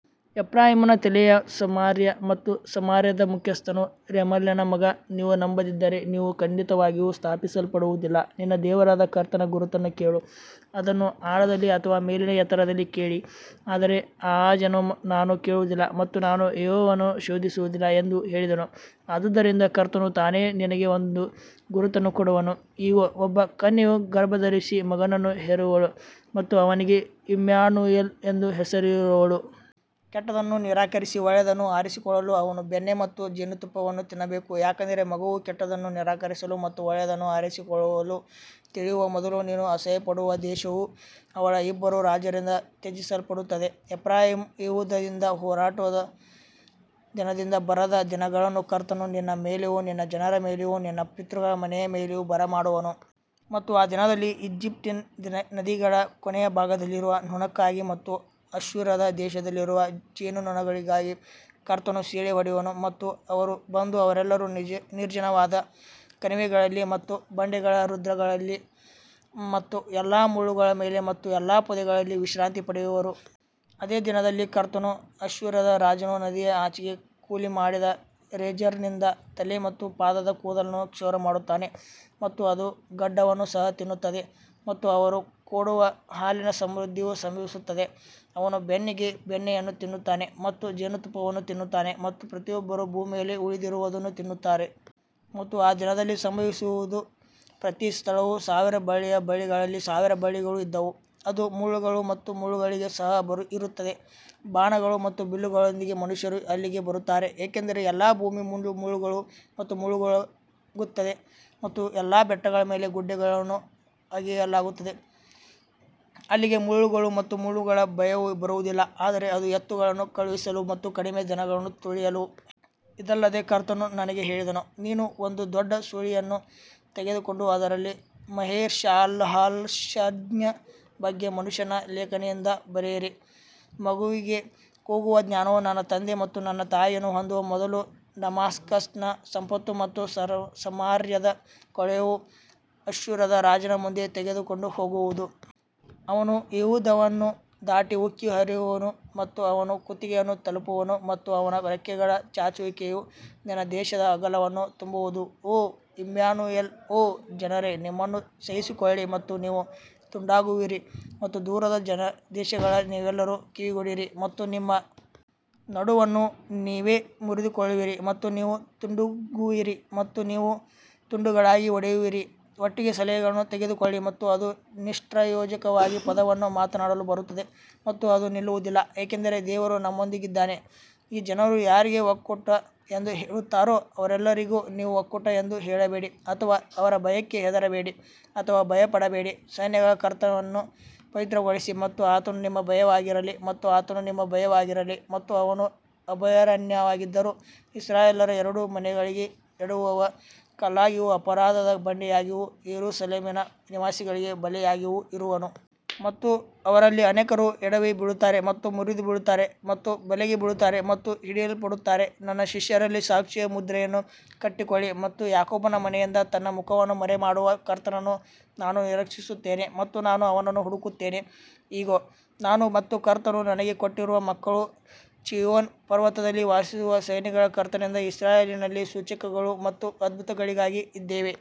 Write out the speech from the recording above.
ಎಫ್ರಾಯೀಮನ ತಲೆಯು ಸಮಾರ್ಯ ಮತ್ತು ಸಮಾರ್ಯದ ಮುಖ್ಯಸ್ಥನು ರೆಮಲ್ಯನ ಮಗ, ನೀವು ನಂಬದಿದ್ದರೆ ನೀವು ಖಂಡಿತವಾಗಿಯೂ ಸ್ಥಾಪಿಸಲ್ಪಡುವುದಿಲ್ಲ. ನಿನ್ನ ದೇವರಾದ ಕರ್ತನ ಗುರುತನ್ನು ಕೇಳು, ಅದನ್ನು ಆಳದಲ್ಲಿ ಅಥವಾ ಮೇಲಿನ ಎತ್ತರದಲ್ಲಿ ಕೇಳಿ ಆದರೆ ಆಹಾಜನು ನಾನು ಕೇಳುವುದಿಲ್ಲ ಮತ್ತು ನಾನು ಯೆಹೋವನನ್ನು ಶೋಧಿಸುವುದಿಲ್ಲ ಎಂದು ಹೇಳಿದನು ಆದುದರಿಂದ ಕರ್ತನು ತಾನೇ ನಿನಗೆ ಒಂದು ಗುರುತನ್ನು ಕೊಡುವನು, ಇಗೋ, ಒಬ್ಬ ಕನ್ಯೆಯು ಗರ್ಭಧರಿಸಿ ಮಗನನ್ನು ಹೆರುವಳು ಮತ್ತು ಅವನಿಗೆ ಇಮ್ಯಾನುಯೆಲ್ ಎಂದು ಹೆಸರಿಸುವಳು. ಕೆಟ್ಟದ್ದನ್ನು ನಿರಾಕರಿಸಿ ಒಳ್ಳೆಯದನ್ನು ಆರಿಸಿಕೊಳ್ಳಲು ಅವನು ಬೆಣ್ಣೆ ಮತ್ತು ಜೇನುತುಪ್ಪವನ್ನು ತಿನ್ನಬೇಕು ಯಾಕಂದರೆ ಮಗುವು ಕೆಟ್ಟದ್ದನ್ನು ನಿರಾಕರಿಸಲು ಮತ್ತು ಒಳ್ಳೆಯದನ್ನು ಆರಿಸಿಕೊಳ್ಳಲು ತಿಳಿಯುವ ಮೊದಲು ನೀನು ಅಸಹ್ಯಪಡುವ ದೇಶವು ಅವಳ ಇಬ್ಬರೂ ರಾಜರಿಂದ ತ್ಯಜಿಸಲ್ಪಡುತ್ತದೆ. ಎಫ್ರಾಯೀಮ್ ಯೆಹೂದದಿಂದ ಹೊರಟುಹೋದ ದಿನದಿಂದ ಬರದ ದಿನಗಳನ್ನು ಕರ್ತನು ನಿನ್ನ ಮೇಲೆಯೂ ನಿನ್ನ ಜನರ ಮೇಲೆಯೂ ನಿನ್ನ ಪಿತೃಗಳ ಮನೆಯ ಮೇಲೆಯೂ ಬರಮಾಡುವನು. ಮತ್ತು ಆ ದಿನದಲ್ಲಿ ಈಜಿಪ್ಟಿನ ನದಿಗಳ ಕೊನೆಯ ಭಾಗದಲ್ಲಿರುವ ನೊಣಕ್ಕಾಗಿ ಮತ್ತು ಅಶ್ಶೂರದ ದೇಶದಲ್ಲಿರುವ ಜೇನುನೊಣಗಳಿಗಾಗಿ ಕರ್ತನು ಸಿಳ್ಳೆ ಹೊಡೆಯುವನು. ಮತ್ತು ಅವರು ಬಂದು ಅವರೆಲ್ಲರೂ ನಿರ್ಜನವಾದ ಕಣಿವೆಗಳಲ್ಲಿ ಮತ್ತು ಬಂಡೆಗಳ ರಂಧ್ರಗಳಲ್ಲಿ ಮತ್ತು ಎಲ್ಲಾ ಮುಳ್ಳುಗಳ ಮೇಲೆ ಮತ್ತು ಎಲ್ಲಾ ಪೊದೆಗಳಲ್ಲಿ ವಿಶ್ರಾಂತಿ ಪಡೆಯುವರು. ಅದೇ ದಿನದಲ್ಲಿ ಕರ್ತನು ಅಶ್ಶೂರದ ರಾಜನು ನದಿಯ ಆಚೆಗೆ ಕೂಲಿಮಾಡಿದ ರೇಜರ್ನಿಂದ ತಲೆ ಮತ್ತು ಪಾದದ ಕೂದಲನ್ನು ಕ್ಷೌರ ಮಾಡುತ್ತಾನೆ ಮತ್ತು ಅದು ಗಡ್ಡವನ್ನು ಸಹ ತಿನ್ನುತ್ತದೆ. ಮತ್ತು ಅವರು ಕೊಡುವ ಹಾಲಿನ ಸಮೃದ್ಧಿಯು ಸಂಭವಿಸುತ್ತದೆ, ಅವನು ಬೆಣ್ಣೆಗೆ ಬೆಣ್ಣೆಯನ್ನು ತಿನ್ನುತ್ತಾನೆ ಮತ್ತು ಜೇನುತುಪ್ಪವನ್ನು ತಿನ್ನುತ್ತಾನೆ ಮತ್ತು ಪ್ರತಿಯೊಬ್ಬರೂ ಭೂಮಿಯಲ್ಲಿ ಉಳಿದಿರುವದನ್ನು ತಿನ್ನುತ್ತಾರೆ. ಮತ್ತು ಆ ದಿನದಲ್ಲಿ ಸಂಭವಿಸುವದು, ಪ್ರತಿ ಸ್ಥಳವು ಸಾವಿರ ಬೆಳ್ಳಿಯ ಬಳ್ಳಿಗಳಲ್ಲಿ ಸಾವಿರ ಬಳ್ಳಿಗಳು ಇದ್ದವು, ಅದು ಮುಳ್ಳುಗಳು ಮತ್ತು ಮುಳ್ಳುಗಳಿಗೆ ಸಹ ಇರುತ್ತದೆ. ಬಾಣಗಳು ಮತ್ತು ಬಿಲ್ಲುಗಳೊಂದಿಗೆ ಮನುಷ್ಯರು ಅಲ್ಲಿಗೆ ಬರುತ್ತಾರೆ ಏಕೆಂದರೆ ಎಲ್ಲಾ ಭೂಮಿ ಮುಳ್ಳುಗಳು ಮತ್ತು ಮುಳ್ಳುಗಳಾಗುತ್ತದೆ ಮತ್ತು ಎಲ್ಲಾ ಬೆಟ್ಟಗಳ ಮೇಲೆ ಗುಡ್ಡೆಗಳನ್ನು ಅಗೆಯಲಾಗುತ್ತದೆ, ಅಲ್ಲಿಗೆ ಮುಳ್ಳುಗಳು ಮತ್ತು ಮುಳ್ಳುಗಳ ಭಯವು ಬರುವುದಿಲ್ಲ, ಆದರೆ ಅದು ಎತ್ತುಗಳನ್ನು ಕಳುಹಿಸಲು ಮತ್ತು ಕಡಿಮೆ ದನಗಳನ್ನು ತುಳಿಯಲು. ಇದಲ್ಲದೆ ಕರ್ತನು ನನಗೆ ಹೇಳಿದನು, ನೀನು ಒಂದು ದೊಡ್ಡ ಸುರುಳಿಯನ್ನು ತೆಗೆದುಕೊಂಡು ಅದರಲ್ಲಿ ಮಹೇರ್ಶಾಲಾಲ್ಹಾಷ್ಬಾಜ್ನ ಬಗ್ಗೆ ಮನುಷ್ಯನ ಲೇಖನಿಯಿಂದ ಬರೆಯಿರಿ. ಮಗುವಿಗೆ ಕೂಗುವ ಜ್ಞಾನವು ನನ್ನ ತಂದೆ ಮತ್ತು ನನ್ನ ತಾಯಿಯನ್ನು ಹೊಂದುವ ಮೊದಲು ಡಮಾಸ್ಕಸ್ನ ಸಂಪತ್ತು ಮತ್ತು ಸಮಾರ್ಯದ ಕೊಳ್ಳೆಯು ಅಶ್ಶೂರದ ರಾಜನ ಮುಂದೆ ತೆಗೆದುಕೊಂಡು ಹೋಗುವುದು. ಅವನು ಯೆಹೂದವನ್ನು ದಾಟಿ ಉಕ್ಕಿ ಹರಿಯುವನು ಮತ್ತು ಅವನು ಕುತ್ತಿಗೆಯನ್ನು ತಲುಪುವನು ಮತ್ತು ಅವನ ರೆಕ್ಕೆಗಳ ಚಾಚುವಿಕೆಯು ನಿನ್ನ ದೇಶದ ಅಗಲವನ್ನು ತುಂಬುವದು ಓ ಇಮ್ಯಾನುಯೆಲ್ ಓ ಜನರೇ ನಿಮ್ಮನ್ನು ಸಹಿಸಿಕೊಳ್ಳಿ ಮತ್ತು ನೀವು ತುಂಡಾಗುವಿರಿ ಮತ್ತು ದೂರದ ದೇಶಗಳ ನೀವೆಲ್ಲರೂ ಕಿವಿಗೊಡಿರಿ ಮತ್ತು ನಿಮ್ಮ ನಡುವನ್ನು ನೀವೇ ಮುರಿದುಕೊಳ್ಳುವಿರಿ ಮತ್ತು ನೀವು ತುಂಡಾಗುವಿರಿ ಮತ್ತು ನೀವು ತುಂಡುಗಳಾಗಿ ಒಡೆಯುವಿರಿ ಒಟ್ಟಿಗೆ ಸಲಹೆಯನ್ನು ತೆಗೆದುಕೊಳ್ಳಿ ಮತ್ತು ಅದು ನಿಷ್ಪ್ರಯೋಜಕವಾಗಿ ಪದವನ್ನು ಮಾತನಾಡಲು ಬರುತ್ತದೆ ಮತ್ತು ಅದು ನಿಲ್ಲುವುದಿಲ್ಲ ಏಕೆಂದರೆ ದೇವರು ನಮ್ಮೊಂದಿಗಿದ್ದಾನೆ ಈ ಜನರು ಯಾರಿಗೆ ಒಕ್ಕೂಟ ಎಂದು ಹೇಳುತ್ತಾರೋ ಅವರೆಲ್ಲರಿಗೂ ನೀವು ಒಕ್ಕೂಟ ಎಂದು ಹೇಳಬೇಡಿ ಅಥವಾ ಅವರ ಭಯಕ್ಕೆ ಹೆದರಬೇಡಿ ಅಥವಾ ಭಯಪಡಬೇಡಿ ಸೈನ್ಯಗಳ ಕರ್ತನನ್ನು ಪವಿತ್ರಗೊಳಿಸು ಮತ್ತು ಆತನು ನಿಮ್ಮ ಭಯವಾಗಿರಲಿ ಮತ್ತು ಆತನು ನಿಮ್ಮ ಭಯವಾಗಿರಲಿ ಮತ್ತು ಅವನು ಅಭಯಾರಣ್ಯವಾಗಿದ್ದರೂ ಇಸ್ರಾಯೇಲ್ಯರ ಎರಡೂ ಮನೆಗಳಿಗೆ ಎಡವುವ ಕಲ್ಲಾಗಿಯೂ ಅಪರಾಧದ ಬಂಡೆಯಾಗಿಯೂ ಯೆರೂಸಲೇಮಿನ ನಿವಾಸಿಗಳಿಗೆ ಬಲೆಯಾಗಿಯೂ ಇರುವನು. ಮತ್ತು ಅವರಲ್ಲಿ ಅನೇಕರು ಎಡವಿ ಬೀಳುತ್ತಾರೆ ಮತ್ತು ಮುರಿದು ಬೀಳುತ್ತಾರೆ ಮತ್ತು ಬಲೆಗೆ ಬೀಳುತ್ತಾರೆ ಮತ್ತು ಹಿಡಿಯಲ್ಪಡುತ್ತಾರೆ ನನ್ನ ಶಿಷ್ಯರಲ್ಲಿ ಸಾಕ್ಷಿಯ ಮುದ್ರೆಯನ್ನು ಕಟ್ಟಿಕೊಳ್ಳಿ ಮತ್ತು ಯಾಕೋಬನ ಮನೆಯಿಂದ ತನ್ನ ಮುಖವನ್ನು ಮರೆಮಾಡುವ ಕರ್ತನನ್ನು ನಾನು ನಿರೀಕ್ಷಿಸುತ್ತೇನೆ ಮತ್ತು ನಾನು ಅವನನ್ನು ಹುಡುಕುತ್ತೇನೆ. ಇಗೋ, ನಾನು ಮತ್ತು ಕರ್ತನು ನನಗೆ ಕೊಟ್ಟಿರುವ ಮಕ್ಕಳು ಚೀಯೋನ್ ಪರ್ವತದಲ್ಲಿ ವಾಸಿಸುವ ಸೈನ್ಯಗಳ ಕರ್ತನಿಂದ ಇಸ್ರಾಯೇಲಿನಲ್ಲಿ ಸೂಚಕಗಳು ಮತ್ತು ಅದ್ಭುತಗಳಿಗಾಗಿ ಇದ್ದೇವೆ.